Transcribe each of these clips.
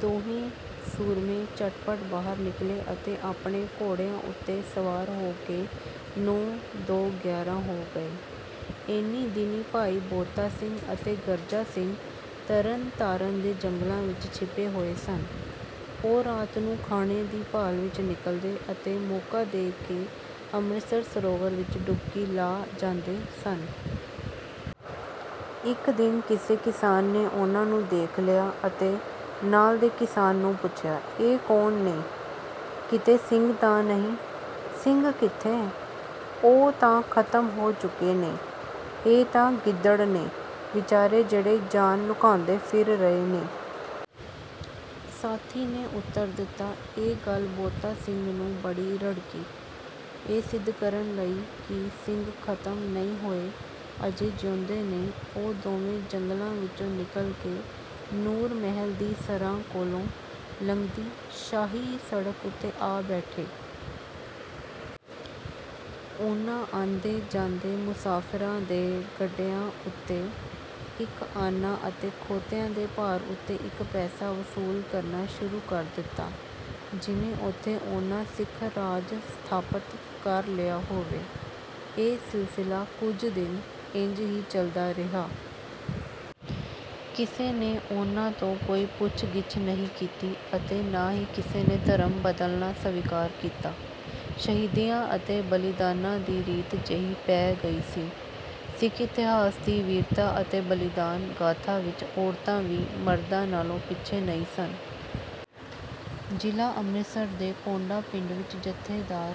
ਦੋਹੇਂ ਸੂਰਮੇ ਝਟਪਟ ਬਾਹਰ ਨਿਕਲੇ ਅਤੇ ਆਪਣੇ ਘੋੜਿਆਂ ਉੱਤੇ ਸਵਾਰ ਹੋ ਕੇ ਨੌਂ ਦੋ ਗਿਆਰਾਂ ਹੋ ਗਏ। ਇਹਨੀਂ ਦਿਨੀਂ ਭਾਈ ਬੋਤਾ ਸਿੰਘ ਅਤੇ ਗਰਜਾ ਸਿੰਘ ਤਰਨਤਾਰਨ ਦੇ ਜੰਗਲਾਂ ਵਿੱਚ ਛਿਪੇ ਹੋਏ ਸਨ। ਉਹ ਰਾਤ ਨੂੰ ਖਾਣੇ ਦੀ ਭਾਲ ਵਿੱਚ ਨਿਕਲਦੇ ਅਤੇ ਮੌਕਾ ਦੇਖ ਕੇ ਅੰਮ੍ਰਿਤਸਰ ਸਰੋਵਰ ਵਿੱਚ ਡੁਬਕੀ ਲਾ ਜਾਂਦੇ ਸਨ। ਇੱਕ ਦਿਨ ਕਿਸੇ ਕਿਸਾਨ ਨੇ ਉਹਨਾਂ ਨੂੰ ਦੇਖ ਲਿਆ ਅਤੇ ਨਾਲ ਦੇ ਕਿਸਾਨ ਨੂੰ ਪੁੱਛਿਆ, "ਇਹ ਕੌਣ ਨੇ? ਕਿਤੇ ਸਿੰਘ ਤਾਂ ਨਹੀਂ?" "ਸਿੰਘ ਕਿੱਥੇ? ਉਹ ਤਾਂ ਖ਼ਤਮ ਹੋ ਚੁੱਕੇ ਨੇ, ਇਹ ਤਾਂ ਗਿੱਦੜ ਨੇ ਵਿਚਾਰੇ ਜਿਹੜੇ ਜਾਨ ਲੁਕਾਂਦੇ ਫਿਰ ਰਹੇ ਨੇ।" ਸਾਥੀ ਨੇ ਉੱਤਰ ਦਿੱਤਾ। ਇਹ ਗੱਲ ਬੋਤਾ ਸਿੰਘ ਨੂੰ ਬੜੀ ਰੜਕੀ। ਇਹ ਸਿੱਧ ਕਰਨ ਲਈ ਕਿ ਸਿੰਘ ਖ਼ਤਮ ਨਹੀਂ ਹੋਏ, ਅਜੇ ਜਿਉਂਦੇ ਨੇ, ਉਹ ਦੋਵੇਂ ਜੰਗਲਾਂ ਵਿੱਚੋਂ ਨਿਕਲ ਕੇ ਨੂਰ ਮਹਿਲ ਦੀ ਸਰਾਂ ਕੋਲੋਂ ਲੰਘਦੀ ਸ਼ਾਹੀ ਸੜਕ ਉੱਤੇ ਆ ਬੈਠੇ। ਉਹਨਾਂ ਆਂਦੇ-ਜਾਂਦੇ ਮੁਸਾਫਰਾਂ ਦੇ ਗੱਡਿਆਂ ਉੱਤੇ ਇੱਕ ਆਨਾ ਅਤੇ ਖੋਤਿਆਂ ਦੇ ਭਾਰ ਉੱਤੇ ਇੱਕ ਪੈਸਾ ਵਸੂਲ ਕਰਨਾ ਸ਼ੁਰੂ ਕਰ ਦਿੱਤਾ, ਜਿਵੇਂ ਉੱਥੇ ਉਹਨਾਂ ਸਿੱਖ ਰਾਜ ਸਥਾਪਤ ਕਰ ਲਿਆ ਹੋਵੇ। ਇਹ ਸਿਲਸਿਲਾ ਕੁਝ ਦਿਨ ਇੰਜ ਹੀ ਚੱਲਦਾ ਰਿਹਾ। ਕਿਸੇ ਨੇ ਉਹਨਾਂ ਤੋਂ ਕੋਈ ਪੁੱਛ-ਗਿੱਛ ਨਹੀਂ ਕੀਤੀ ਅਤੇ ਨਾ ਹੀ ਕਿਸੇ ਨੇ ਧਰਮ ਬਦਲਣਾ ਸਵੀਕਾਰ ਕੀਤਾ। ਸ਼ਹੀਦੀਆਂ ਅਤੇ ਬਲੀਦਾਨਾਂ ਦੀ ਰੀਤ ਜਿਹੀ ਪੈ ਗਈ ਸੀ। ਸਿੱਖ ਇਤਿਹਾਸ ਦੀ ਵੀਰਤਾ ਅਤੇ ਬਲੀਦਾਨ ਗਾਥਾ ਵਿੱਚ ਔਰਤਾਂ ਵੀ ਮਰਦਾਂ ਨਾਲੋਂ ਪਿੱਛੇ ਨਹੀਂ ਸਨ। ਜ਼ਿਲ੍ਹਾ ਅੰਮ੍ਰਿਤਸਰ ਦੇ ਕੌਂਡਾ ਪਿੰਡ ਵਿੱਚ ਜਥੇਦਾਰ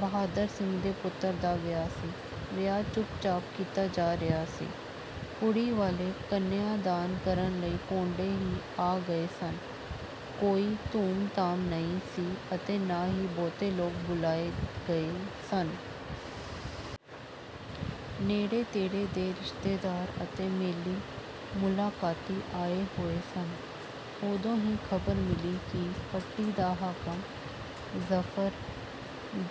ਬਹਾਦਰ ਸਿੰਘ ਦੇ ਪੁੱਤਰ ਦਾ ਵਿਆਹ ਸੀ। ਵਿਆਹ ਚੁੱਪ-ਚਾਪ ਕੀਤਾ ਜਾ ਰਿਹਾ ਸੀ। ਕੁੜੀ ਵਾਲੇ ਕੰਨਿਆਂ ਦਾਨ ਕਰਨ ਲਈ ਕੌਂਡੇ ਹੀ ਆ ਗਏ ਸਨ। ਕੋਈ ਧੂਮ-ਧਾਮ ਨਹੀਂ ਸੀ ਅਤੇ ਨਾ ਹੀ ਬਹੁਤੇ ਲੋਕ ਬੁਲਾਏ ਗਏ ਸਨ। ਨੇੜੇ-ਤੇੜੇ ਦੇ ਰਿਸ਼ਤੇਦਾਰ ਅਤੇ ਮੇਲੀ-ਮੁਲਾਕਾਤੀ ਆਏ ਹੋਏ ਸਨ। ਉਦੋਂ ਹੀ ਖ਼ਬਰ ਮਿਲੀ ਕਿ ਪੱਟੀ ਦਾ ਹਾਕਮ ਜ਼ਫ਼ਰ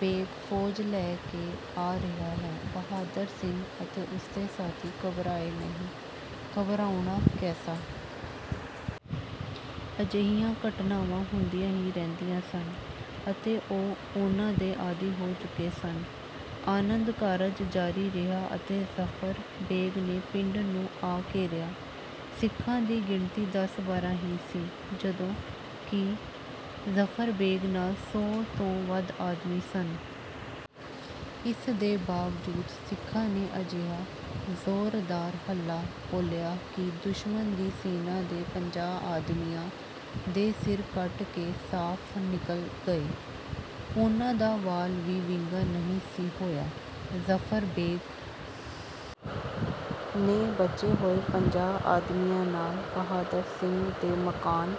ਬੇਗ਼ ਫੌਜ ਲੈ ਕੇ ਆ ਰਿਹਾ ਹੈ। ਬਹਾਦਰ ਸਿੰਘ ਅਤੇ ਉਸਦੇ ਸਾਥੀ ਘਬਰਾਏ ਨਹੀਂ। ਘਬਰਾਉਣਾ ਕੈਸਾ? ਅਜਿਹੀਆਂ ਘਟਨਾਵਾਂ ਹੁੰਦੀਆਂ ਹੀ ਰਹਿੰਦੀਆਂ ਸਨ ਅਤੇ ਉਹ ਉਹਨਾਂ ਦੇ ਆਦੀ ਹੋ ਚੁੱਕੇ ਸਨ। ਆਨੰਦ ਕਾਰਜ ਜਾਰੀ ਰਿਹਾ ਅਤੇ ਜ਼ਫ਼ਰ ਬੇਗ਼ ਨੇ ਪਿੰਡ ਨੂੰ ਆ ਘੇਰਿਆ। ਸਿੱਖਾਂ ਦੀ ਗਿਣਤੀ ਦਸ-ਬਾਰਾਂ ਹੀ ਸੀ ਜਦੋਂ ਕਿ ਜ਼ਫ਼ਰ ਬੇਗ਼ ਨਾਲ ਸੌ ਤੋਂ ਵੱਧ ਆਦਮੀ ਸਨ। ਇਸ ਦੇ ਬਾਵਜੂਦ ਸਿੱਖਾਂ ਨੇ ਅਜਿਹਾ ਜ਼ੋਰਦਾਰ ਹੱਲਾ ਬੋਲਿਆ ਕਿ ਦੁਸ਼ਮਨ ਦੀ ਸੈਨਾ ਦੇ ਪੰਜਾਹ ਆਦਮੀਆਂ ਦੇ ਸਿਰ ਕੱਟ ਕੇ ਸਾਫ਼ ਨਿਕਲ ਗਏ। ਉਹਨਾਂ ਦਾ ਵਾਲ ਵੀ ਵਿੰਗਾ ਨਹੀਂ ਸੀ ਹੋਇਆ। ਜ਼ਫ਼ਰ ਬੇਗ਼ ਨੇ ਬਚੇ ਹੋਏ ਪੰਜਾਹ ਆਦਮੀਆਂ ਨਾਲ ਬਹਾਦਰ ਸਿੰਘ ਦੇ ਮਕਾਨ